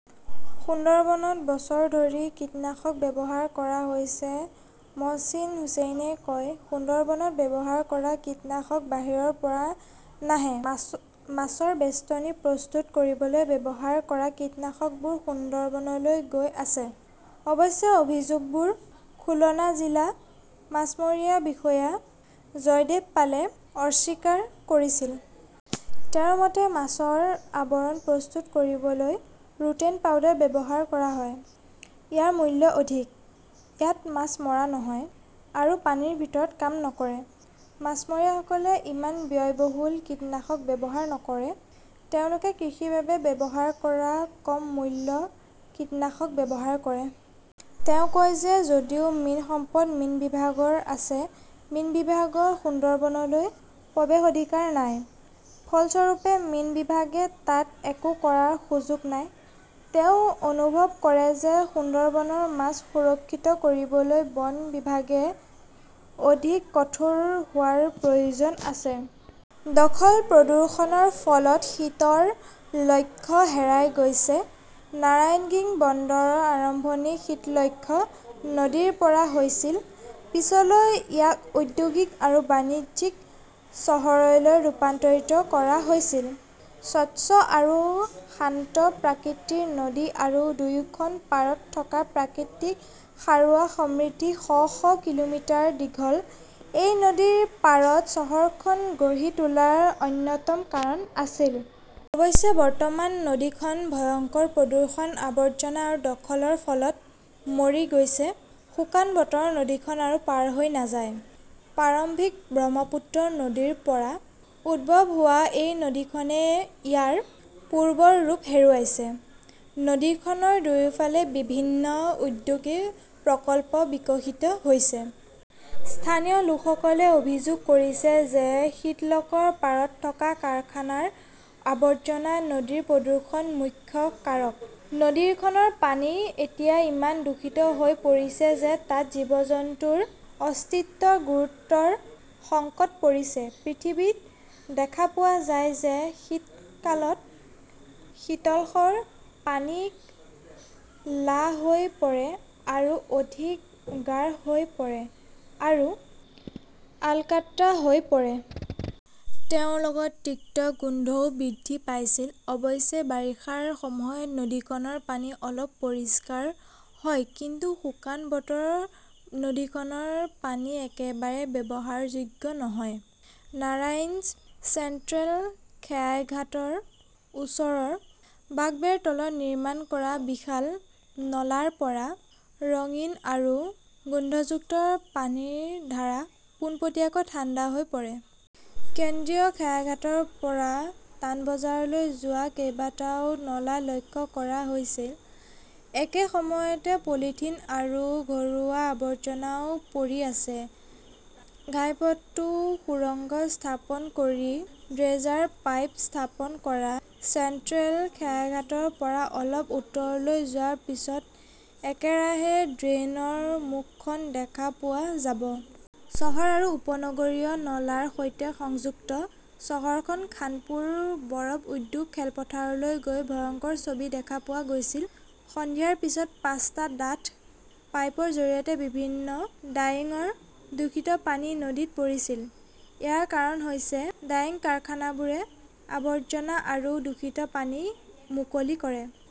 সুন্দৰবনত বছৰ ধৰি কীটনাশক ব্যৱহাৰ কৰা হৈছে, মহচিন হুচেইনে কয়। সুন্দৰবনত ব্যৱহাৰ কৰা কীটনাশক বাহিৰৰ পৰা নাহে। মাছৰ বেষ্টনী প্ৰস্তুত কৰিবলৈ ব্যৱহাৰ কৰা কীটনাশকবোৰ সুন্দৰবনলৈ গৈ আছে। অৱশ্যে অভিযোগবোৰ খুলনা জিলা মাছমৰীয়া বিষয়া জয়দেব পালে অস্বীকাৰ কৰিছিল। তেওঁৰ মতে, মাছৰ আৱৰণ প্ৰস্তুত কৰিবলৈ ৰোটেনন পাউডাৰ ব্যৱহাৰ কৰা হয়। ইয়াৰ মূল্য অধিক। ইয়াত মাছ মৰা নহয় আৰু পানীৰ ভিতৰত কাম নকৰে। মাছমৰীয়াসকলে ইমান ব্যয়বহুল কীটনাশক ব্যৱহাৰ নকৰে। তেওঁলোকে কৃষিৰ বাবে ব্যৱহাৰ কৰা কম মূল্যৰ কীটনাশক ব্যৱহাৰ কৰে। তেওঁ কয় যে যদিও মীন সম্পদ মীন বিভাগৰ আছে, মীন বিভাগৰ সুন্দৰবনলৈ প্ৰৱেশাধিকাৰ নাই। ফলস্বৰূপে, মীন বিভাগে তাত একো কৰাৰ সুযোগ নাই, তেওঁ অনুভৱ কৰে যে সুন্দৰবনৰ মাছ সুৰক্ষিত কৰিবলৈ বন বিভাগে অধিক কঠোৰ হোৱাৰ প্ৰয়োজন আছে। দখল-প্ৰদূষণৰ ফলত শীতৰ লক্ষ্য হেৰাই গৈছে। নাৰায়ণগিং বন্দৰৰ আৰম্ভণি শীতলক্ষ্যা নদীৰ পৰা হৈছিল। পিছলৈ ইয়াক ঔদ্যোগিক আৰু বাণিজ্যিক চহৰলৈ ৰূপান্তৰিত কৰা হৈছিল। স্বচ্ছ আৰু শান্ত প্ৰকৃতিৰ নদী আৰু দুয়োখন পাৰত থকা প্ৰাকৃতিক খাৰুৱাৰ সমৃদ্ধি শ- শ কিলোমিটাৰ দীঘল, এই নদীৰ পাৰত চহৰখন গঢ়ি তোলাৰ অন্যতম কাৰণ আছিল। অৱশ্যে বৰ্তমান নদীখন ভয়ংকৰ প্ৰদূষণ, আৱৰ্জনা আৰু দখলৰ ফলত মৰি গৈছে। শুকান বতৰত নদীখন আৰু পাৰ হৈ নাযায়। প্ৰাৰম্ভিক ব্ৰহ্মপুত্ৰ নদীৰ পৰা উদ্ভৱ হোৱা এই নদীখনে ইয়াৰ পূৰ্বৰ ৰূপ হেৰুৱাইছে। নদীখনৰ দুয়োফালে বিভিন্ন ঔদ্যোগিক প্ৰকল্প বিকশিত হৈছে। স্থানীয় লোকসকলে অভিযোগ কৰিছে যে শীতলকৰ পাৰত থকা কাৰখানাৰ আৱৰ্জনা নদীৰ প্ৰদূষণৰ মুখ্য কাৰক। নদীখনৰ পানী এতিয়া ইমান দূষিত হৈ পৰিছে যে তাত জীৱ-জন্তুৰ অস্তিত্ব গুৰুতৰ সংকটত পৰিছে। পৃথিৱীত দেখা পোৱা যায় যে শীতকালত শীতলকশৰ পানী ক 'লা হৈ পৰে আৰু অধিক গাঢ় হৈ পৰে আৰু আলকাট্ৰা হৈ পৰে। তেওঁৰ লগত তিক্ত গোন্ধও বৃদ্ধি পাইছিল। অৱশ্যে, বাৰিষাৰ সময়ত নদীখনৰ পানী অলপ পৰিষ্কাৰ হয়, কিন্তু শুকান বতৰত নদীখনৰ পানী একেবাৰে ব্যৱহাৰযোগ্য নহয়। নাৰাংইজ চেণ্ট্ৰেল খেয়াঘাটৰ ওচৰৰ ৱাকৱেৰ তলত নিৰ্মাণ কৰা বিশাল নলাৰ পৰা ৰঙীন আৰু গোন্ধযুক্ত পানীৰ ধাৰা পোনপটীয়াকৈ ঠাণ্ডা হৈ পৰে। কেন্দ্ৰীয় খেয়াঘাটৰ পৰা তানবাজাৰলৈ যোৱা কেইবাটাও নলা লক্ষ্য কৰা হৈছিল, একে সময়তে পলিথিন আৰু ঘৰুৱা আৱৰ্জনাও পৰি আছে। ঘাইপথটোত সুৰঙ্গ স্থাপন কৰি ড্ৰেজাৰ পাইপ স্থাপন কৰা চেণ্ট্ৰেল খেয়াঘাটৰ পৰা অলপ উত্তৰলৈ যোৱাৰ পিছত একেৰাহে ড্ৰেইনৰ মুখখন দেখা পোৱা যাব। চহৰ আৰু উপনগৰীয় নলাৰ সৈতে সংযুক্ত। চহৰখনৰ খানপুৰ বৰফ উদ্যোগৰ খেলপথাৰলৈ গৈ ভয়ংকৰ ছবি দেখা পোৱা গৈছিল। সন্ধিয়াৰ পিছত পাঁচটা ডাঠ পাইপৰ জৰিয়তে বিভিন্ন ডাইঙৰ দূষিত পানী নদীত পৰিছিল। ইয়াৰ কাৰণ হৈছে ডাইং কাৰখানাবোৰে আৱৰ্জনা আৰু দূষিত পানী মুকলি কৰে।